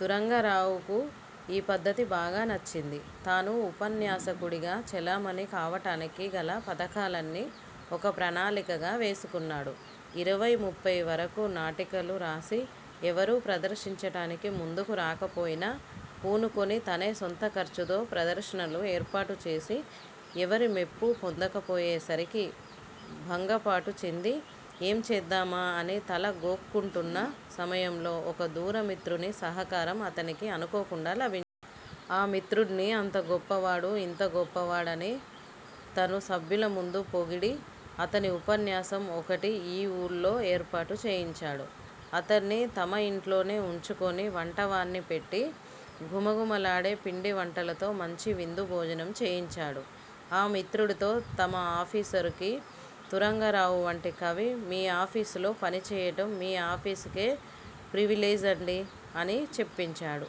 తురంగరావుకు ఈ పద్ధతి బాగా నచ్చింది. తాను ఉపన్యాసకుడిగా చలామణి కావటానికి గల పథకాలన్నీ ఒక ప్రణాళికగా వేసుకున్నాడు. ఇరవై ముప్పై వరకూ నాటికలు రాసి ఎవరూ ప్రదర్శించటానికి ముందుకు రాకపోయినా పూనుకుని తనే సొంతఖర్చుతో ప్రదర్శనలు ఏర్పాటుచేసి, ఎవరి మెప్పూ పొందకపోయేసరికి భంగపాటుచెంది, ఏం చేద్దామా అని తల గోక్కుంటున్న సమయంలో ఒక దూరమిత్రుని సహకారం అతనికి అనుకోకుండా లభిం. ఆ మిత్రుడ్ని అంత గొప్పవాడు, యింత గొప్పవాడని తను సభ్యులముందు పొగిడి, అతని ఉపన్యాసం ఒకటి ఈ ఊళ్ళో ఏర్పాటు చేయించాడు. అతన్ని తమయింట్లోనే వుంచుకుని వంటవాడ్ని పెట్టి ఘుమఘుమలాడే పిండివంటలతో మంచి విందుభోజనం చేయించాడు. ఆ మిత్రుడితో తమ ఆఫీసరుకి 'తురంగరావువంటి కవి మీ ఆఫీసులో పనిచేయటం మీ ఆఫీసుకే ప్రివిలేజ్ అండీ' అని చెప్పించాడు.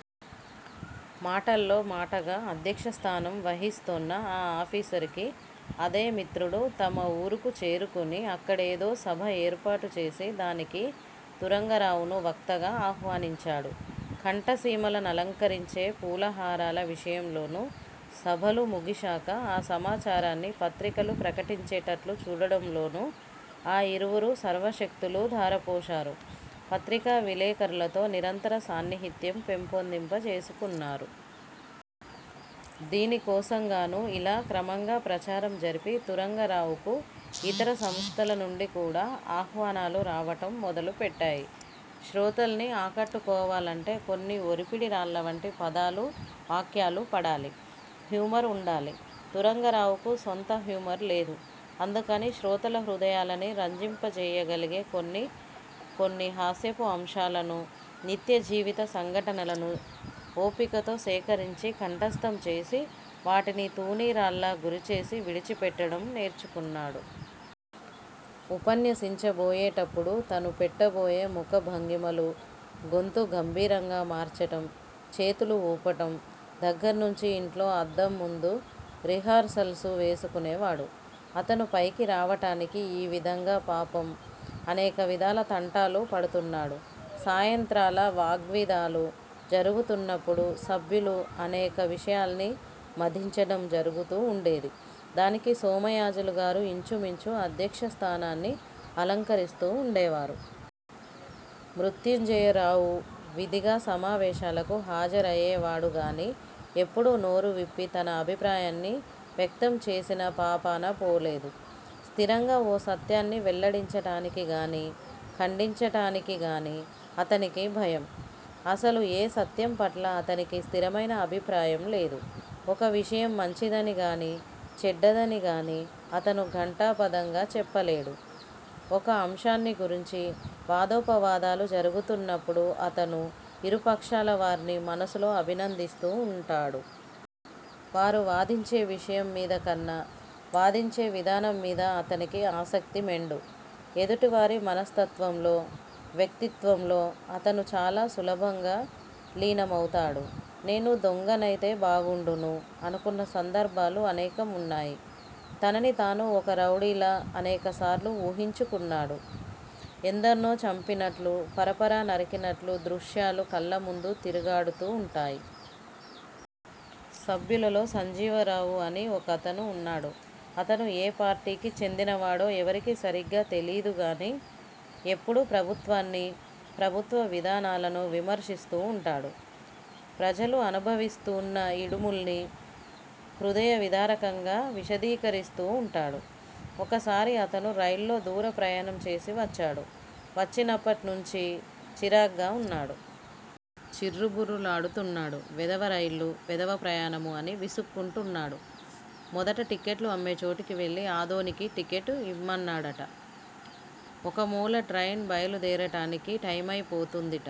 మాటల్లో మాటగా అధ్యక్షస్థానం వహిస్తోన్న ఆ ఆఫీసరుకి అదేమిత్రుడు తమ ఊరుకు చేరుకుని అక్కడేదో సభ ఏర్పాటుచేసి దానికి తురంగరావును వక్తగా ఆహ్వానించాడు. కంఠసీమల నలంకరించే పూలహారాల విషయంలోనూ, సభలు ముగిశాక ఆ సమాచారాన్ని పత్రికలు ప్రకటించేటట్లు చూడడంలోనూ ఆ యిరువురూ సర్వశక్తులూ ధారపోశారు. పత్రికా విలేఖరులతో నిరంతర సాన్నిహిత్యం పెంపొందింపజేసుకున్నారు. దీనికోసంగానూ, ఇలా క్రమంగా ప్రచారం జరిపి తురంగరావుకు యితర సంస్థలనుండికూడా ఆహ్వానాలు రావటం మొదలుపెట్టాయి. శ్రోతల్ని ఆకట్టుకోవాలంటే కొన్ని ఒరిపిడి రాళ్ళవంటి పదాలూ, వాక్యాలూ పడాలి. హ్యూమర్ వుండాలి. తురంగరావుకు స్వంత హ్యూమర్ లేదు. అందుకని శ్రోతల హృదయాలని రంజింపచేయగలిగే కొన్ని కొన్ని హాస్యపు అంశాలనూ, నిత్యజీవిత సంఘటనలనూ ఓపికతో సేకరించి, కంఠస్థం చేసి, వాటిని తూణీరాల్లా గురిచేసి విడిచిపెట్టటం నేర్చుకున్నాడు. ఉపన్యసించబోయేటప్పుడు తను పెట్టబోయే ముఖభంగిమలూ, గొంతు గంభీరంగా మార్చటం, చేతులు వూపటం దగ్గర్నుంచీ యింట్లో అద్దంముందు రిహార్సల్సు వేసుకునేవాడు. అతను పైకి రావటానికి ఈవిధంగా పాపం, అనేకవిధాల తంటాలు పడుతున్నాడు. సాయంత్రాల వాగ్విదాలు జరుగుతున్నప్పుడు సభ్యులు అనేక విషయాల్ని మధించటం జరుగుతూ వుండేది. దానికి సోమయాజులుగారు యించుమించు అధ్యక్షస్థానాన్ని అలంకరిస్తూ వుండేవారు. మృత్యుంజయరావు విధిగా సమావేశాలకు హాజరయేవాడుగాని, ఎప్పుడూ నోరు విప్పి తన అభిప్రాయాన్ని వ్యక్తంచేసిన పాపానపోలేదు. స్థిరంగా ఓ సత్యాన్ని వెల్లడించటానికిగానీ, ఖండించటానికిగానీ అతనికి భయం. అసలు ఏ సత్యంపట్లా అతనికి స్థిరమైన అభిప్రాయంలేదు. ఒక విషయం మంచిదనిగానీ, చెడ్డదనిగానీ అతను ఘంటాపథంగా చెప్పలేడు. ఒక అంశాన్ని గురించి వాదోపవాదాలు జరుగుతున్నప్పుడు అతను యిరుపక్షాలవార్నీ మనసులో అభినందిస్తూ వుంటాడు. వారు వాదించే విషయం మీదకన్నా, వాదించే విధానంమీద అతనికి ఆసక్తి మెండు. ఎదుటివారి మనస్తత్వంలో, వ్యక్తిత్వంలో అతను చాలా సులభంగా లీనమౌతాడు. 'నేను దొంగనైతే బాగుండును' అనుకున్న సందర్భాలు అనేకం వున్నాయి. తనని తాను ఒక రౌడీగా అనేకసార్లు ఊహించుకున్నాడు. ఎందర్నో చంపినట్లూ, పరపర నరికినట్లూ దృశ్యాలు కళ్ళముందు తిరుగాడుతూ వుంటాయి. సభ్యులలో సంజీవరావు అని ఒకతను వున్నాడు. అతను ఏ పార్టీకి చెందినవాడో ఎవరికీ సరిగ్గా తెలీదుగాని, ఎప్పుడూ ప్రభుత్వాన్నీ, ప్రభుత్వ విధానాలనూ విమర్శిస్తూ వుంటాడు. ప్రజలు అనుభవిస్తూన్న యిడుముల్ని హృదయ విదారకంగా విశదీకరిస్తూ వుంటాడు. ఒకసారి అతను రైల్లో దూర ప్రయాణం చేసి వచ్చాడు. వచ్చినప్పట్నుంచీ చిరాగ్గా వున్నాడు. చిర్రుబుర్రులాడు తున్నాడు. వెధవ రైళ్ళూ, వెధవ ప్రయాణమూ అని విసుక్కుంటున్నాడు. మొదట టిక్కెట్లు అమ్మేచోటికి వెళ్ళి ఆదోనికి టికెట్ యిమ్మన్నాడుట. ఒకమూల ట్రైన్ బయలుదేరటానికి 'టైమయిపోతుందిట.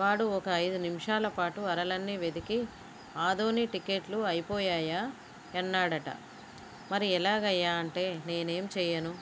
వాడు ఒక అయిదు నిముషాలపాటు అరలన్నీ వెదికి ఆదోని టికెట్లు అయిపోయా యన్నాడుట. 'మరి ఎలాగయ్యా' అంటే 'నేనేం చెయ్యను'